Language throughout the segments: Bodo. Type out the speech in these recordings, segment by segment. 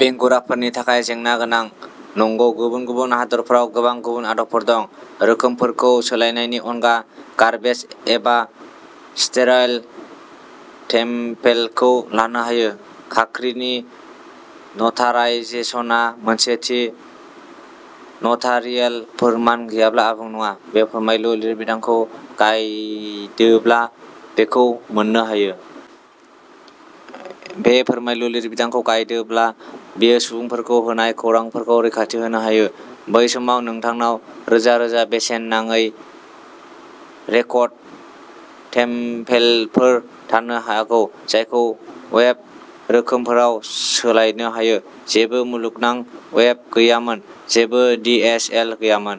बेंगुराफोरनि थाखाय जेंना गोनां। नंगौ गुबुन गुबुन हादोरफोराव गोबां गुबुन आदबफोर दं। रोखोमफोरखौ सोलायनायनि अनगा गार्बेज एबा स्टेराइल टेमपेलखौ लानो हायो। खाख्रिनि नटाराइजेसनआ मोनसे थि नटारियेल फोरमान गैयाब्ला आबुं नङा। बे फोरमायलु लिरबिदांखौ गायदोब्ला बेखौ मोननो हायो। बे फोरमायलु लिरबिदांखौ गायदोब्ला बेयो सुबुंफोरखौ होनाय खौरांफोरखौ रैखाथि होनो हायो। बै समाव नोंथांनाव रोजा रोजा बेसेन नाङै रेकड टेमपेलफोर थानो हागौ जायखौ वेब रोखोमफोराव सोलायनो हायो। जेबो मुलुगनां वेब गैयामोन, जेबो डि एस एल गैयामोन।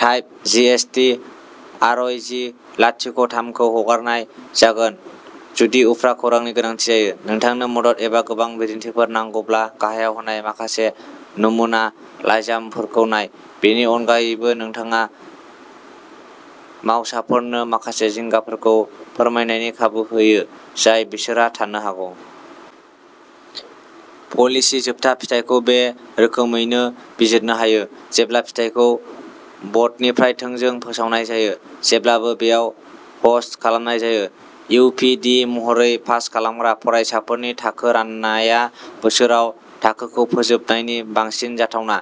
टाइप जिएसटि आरइजि लाथिख’ थामखौ हगारनाय जागोन जुदि उफ्रा खौरांनि गोनांथि जायो। नोंथांनो मदद एबा गोबां बिदिन्थिफोर नांगौब्ला गाहायाव होनाय माखासे नमुना लाइजामफोरखौ नाय। बेनि अनगायैबो, नोंथाङा मावसाफोरनो माखासे जिंगाफोरखौ फोरमायनायनि खाबु होयो, जाय बिसोरहा थानो हागौ। पलिसि जोबथा फिथायखौ बे रोखोमैनो बिजिरनो हायो, जेब्ला फिथाइखौ बर्डनिफ्राय थोंजों फोसावनाय जायो, जेब्लाबो बेयाव ह'स्ट खालामनाय जायो। इउ पि डि महरै, पास खालामग्रा फरायसाफोरनि थाखो राननाया बोसोराव थाखोखौ फोजोबनायनि बांसिन जाथावना।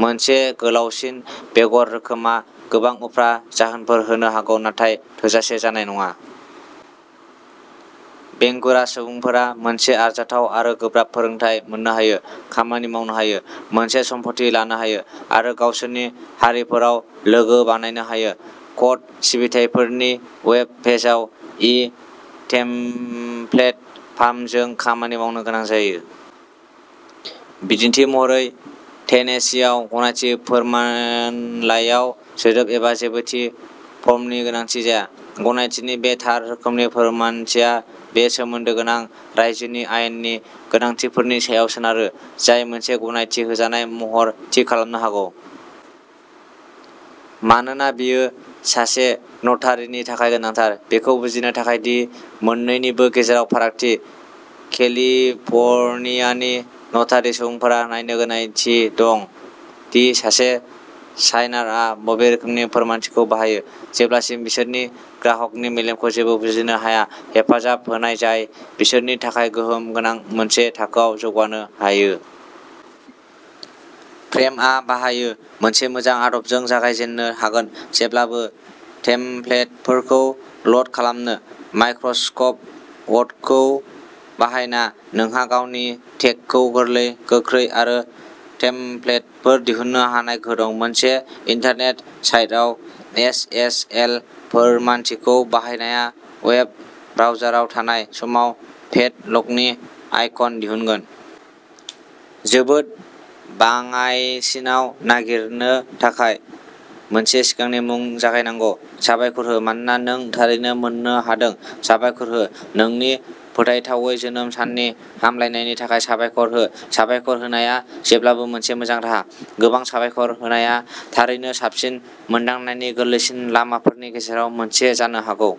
मोनसे गोलावसिन बेगर रोखोमआ गोबां उफ्रा जाहोनफोर होनो हागौ, नाथाय थोजासे जानाय नङा। बेंगुरा सुबुंफोरा मोनसे आरजाथाव आरो गोब्राब फोरोंथाय मोननो हायो, खामानि मावनो हायो, मोनसे सम्पथि लानो हायो, आरो गावसोरनि हारिफोराव लोगो बानायनो हायो। कट सिबिथाइफोरनि वेब पेजआव इ टेमप्लेट फार्मजों खामानि मावनो गोनां जायो। बिदिन्थि महरै, टेनेसीआव गनायथि फोरमानलाइयाव सोदोब एबा जेबो थि फर्मनि गोनांथि जाया। गनायथिनि बे थार रोखोमनि फोरमानथिया बे सोमोन्दो गोनां रायजोनि आयेननि गोनांथिफोरनि सायाव सोनारो, जाय मोनसे गनायथि होजानाय महर थि खालामनो हागौ। मानोना बेयो सासे नटारीनि थाखाय गोनांथार। बेखौ बुजिनो थाखाय दि मोननैनिबो गेजेराव फारागथि, केलिफर्नियानि नटारि सुबुंफोरा नायनो गोनायथि दं दि सासे साइनारआ बबे रोखोमनि फोरमानथिखौ बाहायो। जेब्लासिम बिसोरनि ग्राहकनि मेलेमखौ जेबो बुजिनो हाया, हेफाजाब होनाय जाय बिसोरनि थाखाय गोहोम गोनां, मोनसे थाखोआव जौगानो हायो। फ्रेमआ बाहायो। मोनसे मोजां आदबजों जागायजेननो हागोन, जेब्लाबो टेमप्लेटफोरखौ ल'ड खालामनो। माइक्र'सकप वर्डखौ बाहायना, नोंहा गावनि टेगखौ गोरलै, गोख्रै आरो टेमप्लेटफोर दिहुननो हानाय गोहो दं। मोनसे इन्टारनेट साइटआव एस एस एल फोरमानथिखौ बाहायनाया वेब ब्राउजाराव थानाय समाव पेड लकनि आइकन दिहुनगोन। जोबोद बाङाइसिनाव नागिरनो थाखाय मोनसे सिगांनि मुं जागायनांगौ। साबायखर हो, मानोना नों थारैनो मोननो हादों। साबायखर हो। नोंनि फोथायथावै जोनोम साननि हामलायनायनि थाखाय साबायखर हो साबायखर होनाया जेब्लाबो मोनसे मोजां राहा। गोबां साबायखर होनाया थारैनो साबसिन मोनदांनायनि गोरलैसिन लामाफोरनि गेजेराव मोनसे जानो हागौ।